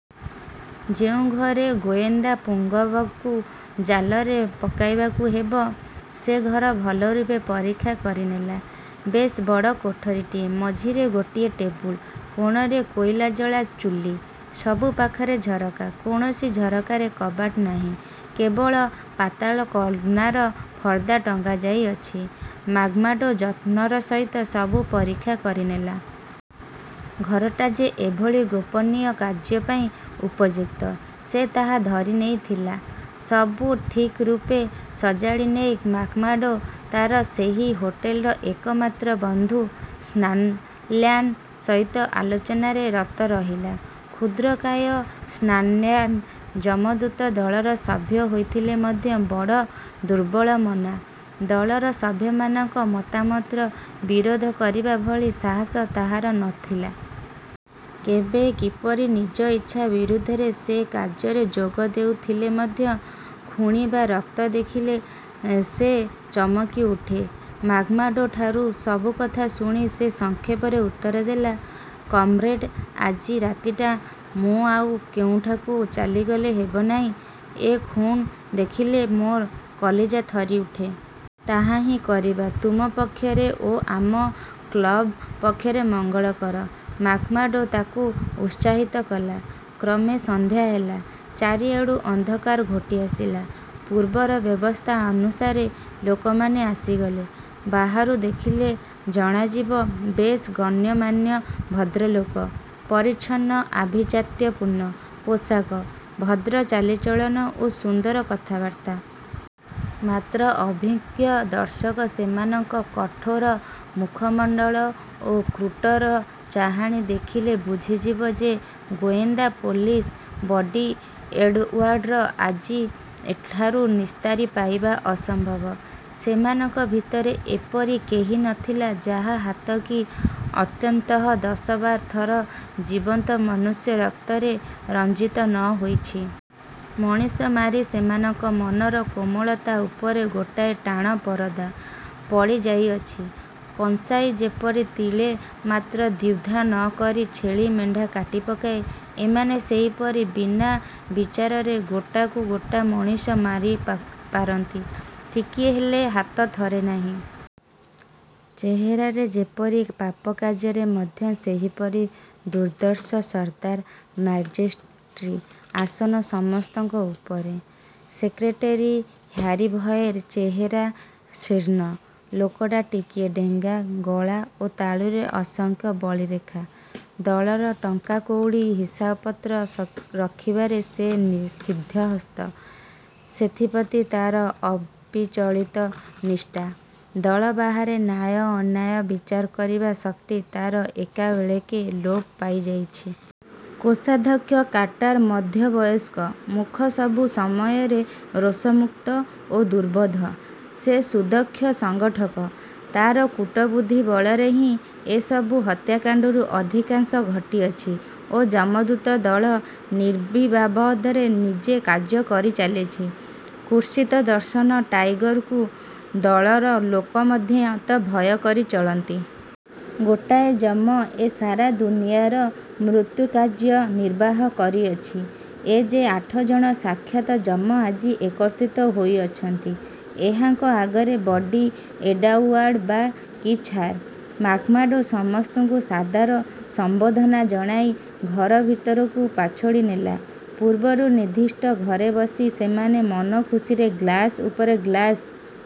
ଯେଉଁ ଘରେ ଗୋଏନ୍ଦାପୁଙ୍ଗବକୁ ଜାଲରେ ପକାଇବାକୁ ହେବ, ସେ ଘର ଭଲରୂପେ ପରୀକ୍ଷା କରିନେଲା-। ବେଶ୍ ବଡ଼ କୋଠରୀଟିଏ; ମଝିରେ ଗୋଟିଏ ଟେବୁଲ, କୋଣରେ କୋଇଲାଜଳା ଚୁଲୀ। ସବୁ ପାଖରେ ଝରକା। କୌଣସି ଝରକାରେ କବାଟ ନାହିଁ; କେବଳ ପାତଳା କନାର ପର୍ଦ୍ଦା ଟଙ୍ଗାଯାଇଅଛି। ମ୍ୟାକ୍ମାର୍ଡ଼ୋ ଯତ୍ନର ସହିତ ସବୁ ପରୀକ୍ଷା କରିନେଲା। ଘରଟା ଯେ ଏଭଳି ଗୋପନୀୟ କାର୍ଯ୍ୟପାଇଁ ଉପଯୁକ୍ତ, ସେ ତାହା ଧରିନେଇଥିଲା। ସବୁ ଠିକ୍ରୂପେ ସଜାଡ଼ିନେଇ ମ୍ୟାକ୍ମାର୍ଡ଼ୋ ତାର ସେହି ହୋଟେଲର ଏକମାତ୍ର ବନ୍ଧୁ ସ୍କାନଲ୍ୟାନ ସହିତ ଆଲୋଚନାରେ ରତ ରହିଲା। କ୍ଷୁଦ୍ରକାୟ ସ୍କାନଲ୍ୟାନ, ଯମଦୂତ ଦଳର ସଭ୍ୟ ହୋଇଥିଲେ ମଧ୍ୟ ବଡ଼ ଦୁର୍ବଳମନା। ଦଳର ସଭ୍ୟମାନଙ୍କ ମତାମତର ବିରୋଧ କରିବା ଭଳି ସାହସ ତାହାର ନ ଥିଲା। କେବେ କିପରି ନିଜ ଇଚ୍ଛା ବିରୋଧରେ ସେ କାର୍ଯ୍ୟରେ ଯୋଗଦେଉଥିଲେ ମଧ୍ୟ ଖୁଣି ବା ରକ୍ତ ଦେଖିଲେ ସେ ଚମକିଉଠେ। ମ୍ୟାକ୍ମାର୍ଡ଼ୋଠାରୁ ସବୁ କଥା ଶୁଣି ସେ ସଂକ୍ଷେପରେ ଉତ୍ତର ଦେଲା, ''କମ୍ରେଡ଼, ଆଜି ରାତିଟା ମୁଁ ଆଉ କେଉଁଠାକୁ ଚାଲିଗଲେ ହେବ ନାହିଁ? ଏ ଖୁଣ୍ ଦେଖିଲେ ମୋ କଲିଜା ଥରିଉଠେ। '' ''ତାହାହିଁ କରିବା ତୁମ ପକ୍ଷରେ ଓ ଆମ କ୍ଳବ ପକ୍ଷରେ ମଙ୍ଗଳକର''–ମ୍ୟାକ୍ମାର୍ଡ଼ୋ ତାକୁ ଉତ୍ସାହିତ କଲା। କ୍ରମେ ସନ୍ଧ୍ୟା ହେଲା। ଚାରିଆଡ଼ୁ ଅନ୍ଧକାର ଘୋଟିଆସିଲା। ପୂର୍ବର ବ୍ୟବସ୍ଥା ଅନୁସାରେ ଲୋକମାନେ ଆସିଗଲେ। ବାହାରୁ ଦେଖିଲେ ଜଣାଯିବ, ବେଶ୍ ଗଣ୍ୟମାନ୍ୟ ଭଦ୍ରଲୋକ। ପରିଚ୍ଛନ୍ନ ଆଭିଜାତ୍ୟପୂର୍ଣ୍ଣ ପୋଷାକ; ଭଦ୍ର ଚାଲିଚଳନ ଓ ସୁନ୍ଦର କଥାବାର୍ତ୍ତା। ମାତ୍ର ଅଭିଜ୍ଞ ଦର୍ଶକ ସେମାନଙ୍କ କଠୋର ମୁଖମଣ୍ଡଳ ଓ କ୍ରୂର ଚାହାଣୀ ଦେଖିଲେ ବୁଝିଯିବ ଯେ ଗୋଏନ୍ଦା ପୋଲିସ ବର୍ଡ଼ି ଏଡ଼ଓ୍ୟାର୍ଡ଼ର ଆଜି ଏଠାରୁ ନିସ୍ତାରି ପାଇବା ଅସମ୍ଭବ। ସେମାନଙ୍କ ଭିତରେ ଏପରି କେହି ନ ଥିଲା, ଯାହା ହାତ କି ଅନ୍ତତଃ ଦଶବାର ଥର ଜୀବନ୍ତ ମନୁଷ୍ୟ ରକ୍ତରେ ରଞ୍ଜିତ ନ ହୋଇଛି। ମଣିଷ ମାରି ସେମାନଙ୍କ ମନର କୋମଳତା ଉପରେ ଗୋଟାଏ ଟାଣ ପରଦା। ପଡ଼ିଯାଇଅଛି। କଂସାଇ ଯେପରି ତିଳେ ମାତ୍ର ଦ୍ୱିଧା ନ କରି ଛେଳି, ମେଣ୍ଢା କାଟିପକାଏ, ଏମାନେ ସେହିପରି ବିନା ବିଚାରରେ ଗୋଟାକୁ ଗୋଟା ମଣିଷ ମାରିପାରନ୍ତି, ଟିକିଏ ହେଲେ ହାତ ଥରେ ନାହିଁ। ଚେହେରାରେ ଯେପରି, ପାପକାର୍ଯ୍ୟରେ ମଧ୍ୟ ସେହିପରି ଦୁର୍ଦ୍ଦର୍ଷସର୍ଦ୍ଦାର ମ୍ୟାକ୍ଜିଣ୍ଟି ଆସନ ସମସ୍ତଙ୍କ ଉପରେ। ସେକ୍ରେଟେରୀ ହ୍ୟାରିଭଏର ଚେହେରା ଶୀର୍ଣ୍ଣ। ଲୋକଟା ଟିକିଏ ଡେଙ୍ଗା, ଗଳା ଓ ତାଳୁରେ ଅସଂଖ୍ୟ ବଳିରେଖା। ଦଳର ଟଙ୍କାକଉଡ଼ି ହିସାବପତ୍ର ରଖିବାରେ ସେ ସିଦ୍ଧହସ୍ତ, ସେଥିପ୍ରତି ତାର ଅବିଚଳିତ ନିଷ୍ଠା। ଦଳ ବାହାରେ ନ୍ୟାୟ ଅନ୍ୟାୟ ବିଚାର କରିବା ଶକ୍ତି ତାର ଏକାବେଳକେ ଲୋପ ପାଇଯାଇଛି। କୋଷାଧ୍ୟକ୍ଷ କାର୍ଟାର ମଧ୍ୟବୟସ୍କ। ମୁଖ ସବୁ ସମୟରେ ରୋଷମୁକ୍ତ ଓ ଦୁର୍ବୋଧ୍ୟ। ସେ ସୁଦକ୍ଷ ସଙ୍ଗଠକ। ତାର କୁଟବୁଦ୍ଧି ବଳରେ ହିଁ ଏ ସବୁ ହତ୍ୟାକାଣ୍ଡରୁ ଅଧିକାଂଶ ଘଟିଅଛି ଓ ଯମଦୂତ ଦଳ ନିର୍ବିବାଦରେ ନିଜ କାର୍ଯ୍ୟ କରିଚାଲିଛି। କୁତ୍ସିତଦର୍ଶନ ଟାଇଗରକୁ ଦଳର ଲୋକେ ମଧ୍ୟ ତ ଭୟ କରି ଚଳନ୍ତି। ଗୋଟାଏ ଯମ ଏ ସାରା ଦୁନିଆର ମୃତ୍ୟୁକାର୍ଯ୍ୟ ନିର୍ବାହ କରୁଅଛି। ଏ ଯେ ଆଠ ଜଣ ସାକ୍ଷାତ ଯମ ଆଜି ଏକତ୍ରିତ ହୋଇଅଛନ୍ତି; ଏହାଙ୍କ ଆଗରେ ବର୍ଡ଼ି ଏଡ଼ଉଆର୍ଡ଼ ବା କି ଛାର? ମ୍ୟାକ୍ମାର୍ଡ଼ୋ ସମସ୍ତଙ୍କୁ ସାଦର ସମ୍ବର୍ଦ୍ଧନା ଜଣାଇ ଘର ଭିତରକୁ ପାଛୋଟି ନେଲା। ପୂର୍ବରୁ ନିର୍ଦ୍ଦିଷ୍ଟ ଘରେ ବସି ସେମାନେ ମନଖୁସିରେ ଗ୍ଳାସ ଉପରେ ଗ୍ଳାସ